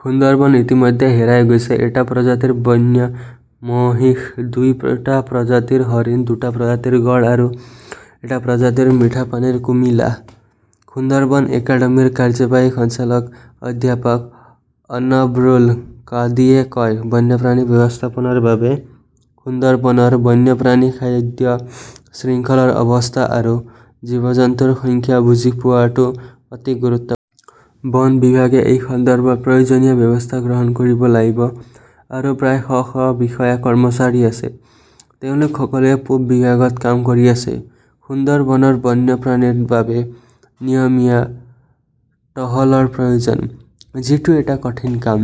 সুন্দৰবন ইতিমধ্যে হেৰাই গৈছে, এটা প্ৰজাতিৰ বন্য মহিষ, দুটা প্ৰজাতিৰ হৰিণ, দুটা প্ৰজাতিৰ গঁড় আৰু এটা প্ৰজাতিৰ মিঠা পানীৰ কুমিলা। সুন্দৰবন একাডেমীৰ কাৰ্যবাহী সঞ্চালক অধ্যাপক অনৱৰুল কাদিয়ে কয়, বন্যপ্ৰাণী ব্যৱস্থাপনাৰ বাবে সুন্দৰবনৰ বন্যপ্ৰাণী খাদ্য শৃংখলৰ অৱস্থা আৰু জীৱ-জন্তুৰ সংখ্যা বুজি পোৱাটো অতি গুৰুত্ব বন বিভাগে এই সন্দৰ্ভত প্ৰয়োজনীয় ব্যৱস্থা গ্ৰহণ কৰিব লাগিব। আৰু প্ৰায় শ শ বিষয়া-কৰ্মচাৰী আছে। তেওঁলোক সকলোৱে পূব বিভাগত কাম কৰি আছে। সুন্দৰবনৰ বন্যপ্ৰাণীৰ বাবে নিয়মীয়া টহলৰ প্ৰয়োজন। যিটো এটা কঠিন কাম।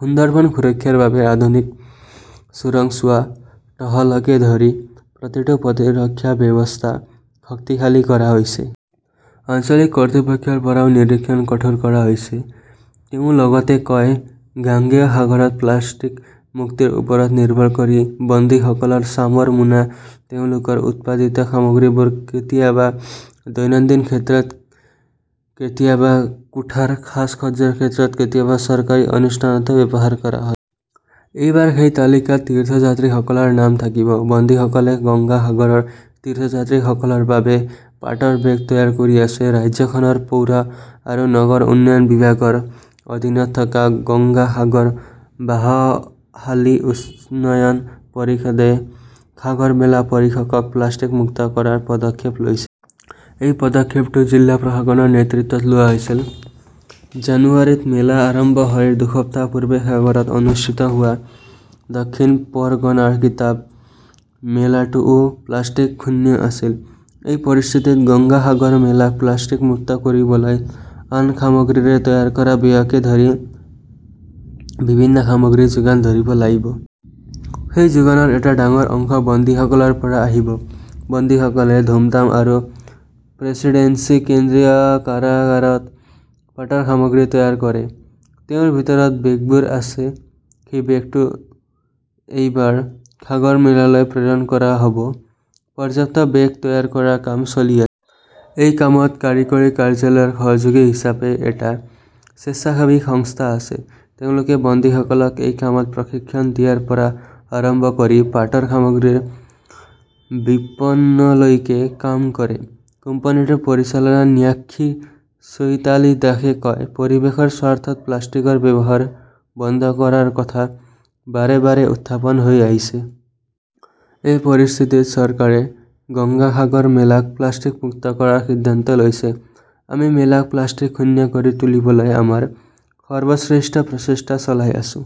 সুন্দৰবন সুৰক্ষাৰ বাবে আধুনিক চোৰাংচোৱা টহলকে ধৰি প্ৰতিটো প্ৰতিৰক্ষা ব্যৱস্থা শক্তিশালী কৰা হৈছে। আঞ্চলিক কৰ্তৃপক্ষৰ পৰাও নিৰীক্ষণ কঠোৰ কৰা হৈছে, তেওঁ লগতে কয় গাঙ্গেয় সাগৰত প্লাষ্টিক-মুক্তিৰ ওপৰত নিৰ্ভৰ কৰি বন্দীসকলৰ চামৰ মোনা তেওঁলোকৰ উৎপাদিত সামগ্ৰীবোৰ কেতিয়াবা দৈনন্দিন ক্ষেত্ৰত, কেতিয়াবা কোঠাৰ সাজ-সজ্জাৰ ক্ষেত্ৰত, কেতিয়াবা চৰকাৰী অনুষ্ঠানতো ব্যৱহাৰ কৰা হয়। এইবাৰ সেই তালিকাত তীৰ্থযাত্ৰীসকলৰ নাম থাকিব। বন্দীসকলে গংগা সাগৰৰ তীৰ্থযাত্ৰীসকলৰ বাবে পাটৰ বেগ তৈয়াৰ কৰি আছে। ৰাজ্যখনৰ পৌৰা আৰু নগৰ উন্নয়ন বিভাগৰ অধীনত থকা গংগা সাগৰ বাহহালী উন্নয়ন পৰিষদে সাগৰমেলা পৰিকক প্লাষ্টিক-মুক্ত কৰাৰ পদক্ষেপ লৈছে। এই পদক্ষেপটো জিলা প্ৰশাসনৰ নেতৃত্বত লোৱা হৈছিল। জানুৱাৰীত মেলা আৰম্ভ হয়। দুসপ্তাহ পূৰ্বে সাগৰত অনুষ্ঠিত হোৱা দক্ষিণ পৰগনাৰ কিতাপ মেলাটোও প্লাষ্টিক-শূন্য আছিল। এই পৰিস্থিতিত গংগা সাগৰ মেলাক প্লাষ্টিক মুক্ত কৰিবলৈ আন সামগ্ৰীৰে তৈয়াৰ কৰা বেগকে ধৰি বিভিন্ন সামগ্ৰী যোগান ধৰিব লাগিব। সেই যোগানৰ এটা ডাঙৰ অংশ বন্দীসকলৰ পৰা আহিব। বন্দীসকলে ধুমধাম আৰু প্ৰেচিডেন্সি কেন্দ্ৰীয় কাৰাগাৰত পাটৰ সামগ্ৰী তৈয়াৰ কৰে। তেওঁৰ ভিতৰত বেগবোৰো আছে। সেই বেগটো এইবাৰ সাগৰমেলালৈ প্ৰেৰণ কৰা হ'ব। পৰ্যাপ্ত বেগ তৈয়াৰ কৰাৰ কাম চলি আ। এই কামত কাৰিকৰী কাৰ্যালয়ৰ সহযোগী হিচাপে এটা স্বেচ্ছাসেৱী সংস্থা আছে। তেওঁলোকে বন্দীসকলক এই কামত প্ৰশিক্ষণ দিয়াৰ পৰা আৰম্ভ কৰি পাটৰ সামগ্ৰীৰ বিপণনলৈকে কাম কৰে। কোম্পানীটোৰ পৰিচালনা ন্যাসী চৈতালী দাসে কয় পৰিৱেশৰ স্বাৰ্থত প্লাষ্টিকৰ ব্যৱহাৰ বন্ধ কৰাৰ কথা বাৰে -বাৰে উত্থাপন হৈ আহিছে। এই পৰিস্থিতিত চৰকাৰে গংগা সাগৰ মেলাক প্লাষ্টিক-মুক্ত কৰাৰ সিদ্ধান্ত লৈছে। আমি মেলাক প্লাষ্টিক-শূন্য কৰি তুলিবলৈ আমাৰ সৰ্বশ্ৰেষ্ঠ প্ৰচেষ্টা চলাই আছোঁ।